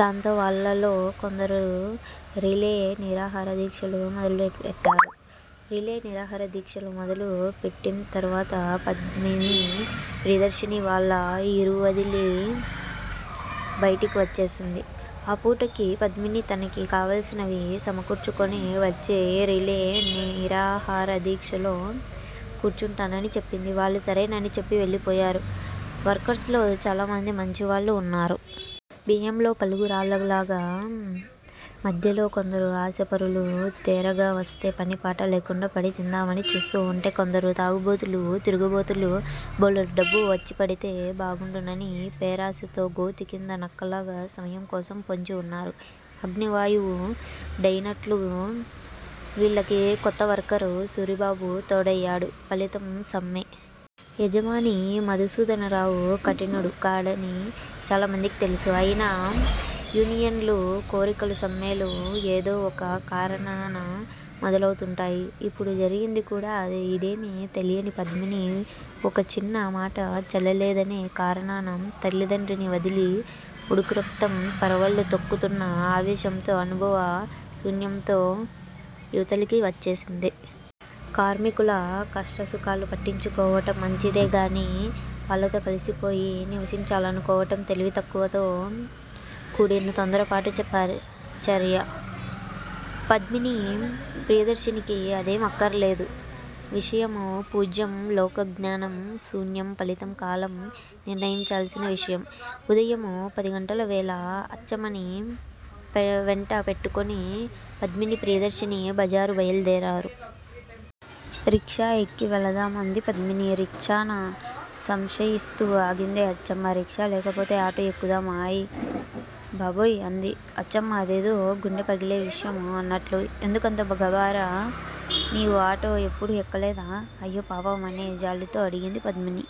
దాంతో వాళ్ళల్లో కొందరు రిలే నిరాహారదీక్షలు మొదలుపెట్టారు. రిలే నిరాహారదీక్షలు మొదలు పెట్టింతరువాత పద్మిని ప్రియదర్శిని వాళ్ళ ఇల్లువదిలి బయటికి వచ్చేసింది. ఆ పూటకి పద్మిని తనకి కావాల్సినవి సమకూర్చుకుని వచ్చి రిలే నిరాహారదీక్షలో కూర్చుంటానని చెప్పింది. వాళ్ళు సరేనని చెప్పి వెళ్ళిపోయారు. వర్కర్స్ లో చాలామంది మంచివాళ్ళు వున్నారు. బియ్యంలో పలుగు రాళ్ళలాగా మధ్యలో కొందరు ఆశ పరులు, తేరగ వస్తే పనిపాట లేకుండా పడి తిందామని చూస్తూవుంటే, కొందరు తాగుబోతులు, తిరుగుబోతులు బోలెడు డబ్బు వచ్చిపడితే బాగుండునని పేరాశతో గోతి కింద నక్కల్లాగ సమయం కోసం పొంచివున్నారు. అగ్నికి వాయువు డయినట్లు వీళ్ళకి కొత్తవర్కర్ సూరిబాబు తోడయ్యాడు, ఫలితం సమ్మె! యజమాని మధుసూదనరావు కఠినుడు కాడని చాలామందికి తెలుసు. అయినా యూనియన్ లు కోరికలు సమ్మెలు ఏదో వొక కారణాన మొదలవుతుంటాయి. ఇప్పుడు జరిగింది కూడా అదే. ఇదేమి తెలియని పద్మిని ఒక చిన్న మాట చెల్లలేదనే కారణాన తల్లితండ్రిని వదిలి ఉడుకురక్తం పరవళ్ళు తొక్కుతున్న ఆవేశంతో అనుభవశూన్యంతో ఇవతలికి వచ్చేసింది. కార్మికుల కష్టసుఖాలు పట్టించుకోవటం మంచిదే గాని వాళ్ళతో కలిసిపోయి నివసించాలనుకోవటం తెలివితక్కువతో కూడిన తొందరపాటు చర్య. పద్మిని ప్రియదర్శినికి అదేం అక్కరలేదు. విషయం పూజ్యం లోకజ్ఞానం శూన్యం ఫలితం కాలం నిర్ణయించాల్సిన విషయం. ఉదయం పదిగంటల వేళ__ అచ్చమ్మని వెంటపెట్టుకుని పద్మిని ప్రియదర్శిని బజారు బయలుదేరింది. రిక్షా ఎక్కి వెళదాం అంది పద్మిని. రిచ్చానా? సంశయిస్తూ ఆగింది అచ్చమ్మ. రిక్షా లేకపోతే ఆటో ఎక్కుదాం అయ్ బాబోయ్ అంది అచ్చమ్మ అదేదో గుండె పగిలే విషయం అన్నట్లు. ఎందుకంత గాభరా! నీవు ఆటో యెప్పుడూ ఎక్కలేదా? అయ్యోపాపం అనే జాలితో అడిగింది పద్మిని.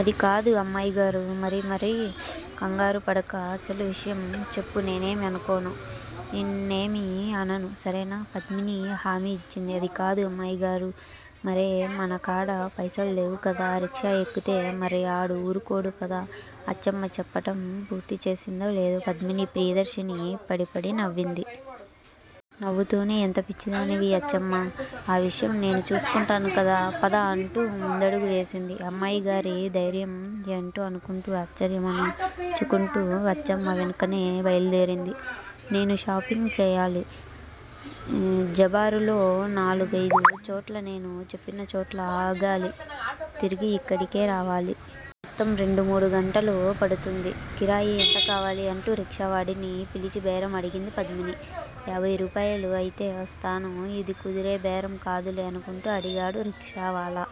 అది కాదు అమ్మాయిగారూ! మరి మరి కంగారుపడక అసలు విషయం చెప్పు నేనేమీ అనుకోను. నిన్నేమీ అనను సరేనా? పద్మిని హామీ యిచ్చింది. అదికాదు అమ్మాయిగారూ! మరే మనకాడ పైసలు లేవు కదా! రిక్షా ఎక్కితే మరి ఆడు ఊరుకోడు కదా? అచ్చమ్మ చెప్పటం పూర్తిచేసిందో లేదో పద్మిని ప్రియదర్శిని పడి పడి నవ్వింది. నవ్వుతూనే ఎంత పిచ్చిదానివి అచ్చమ్మా! ఆ విషయం నేను చూసుకుంటాను కదా! పద అంటూ ముందడుగు వేసింది. అమ్మాయిగారి ధైర్యం ఏంటో అనుకుంటూ ఆశ్చర్యం అణచుకుంటూ అచ్చమ్మ వెనుకనే బయలుదేరింది. నేను షాపింగ్ చేయాలి! జబారులో నాలుగయిదు చోట్ల నేను చెప్పినచోట్ల ఆగాలి. తిరిగి యిక్కడికే రావాలి. మొత్తం రెండుమూడు గంటలు పడుతుంది. కిరాయి ఎంత కావాలి? అంటూ రిక్షా వాడిని పిలిచి బేరం అడిగింది పద్మిని. యాభై రూపాయలు అయితే వస్తాను ఇది కుదిరే బేరం కాదులే అనుకుంటూ అడిగాడు రిక్షావాలా.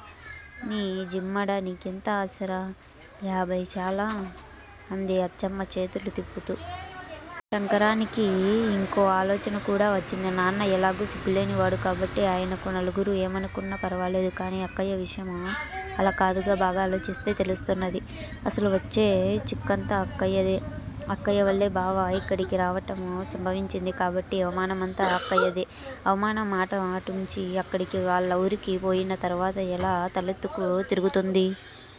నీ జిమ్మడ నీకెంత ఆశరా, యాభై చాలా! అంది అచ్చమ్మ చేతులు తిప్పుతూ. శంకరానికి యింకో ఆలోచనకూడా వచ్చింది. నాన్న ఎలాగూ సిగ్గులేని వాడు కాబట్టి ఆయనకు నలుగురూ ఏమనుకున్న ఫర్వాలేదు. కాని అక్కయ్య విషయం అలాకాదుగా బాగా ఆలోచిస్తే తెలుస్తున్నది. అసలు వచ్చే చిక్కంతా అక్కయ్యదే. అక్కయ్యవల్లే బావ ఇక్కడికి రావటం సంభవించింది కాబట్టి అవమానమంతా అక్కయ్యదే. అవమానం మాట అటుంచి అక్కడికి వాళ్ళవూరికి పోయిన తర్వాత ఎలా తలెత్తుకు తిరుగుతుంది?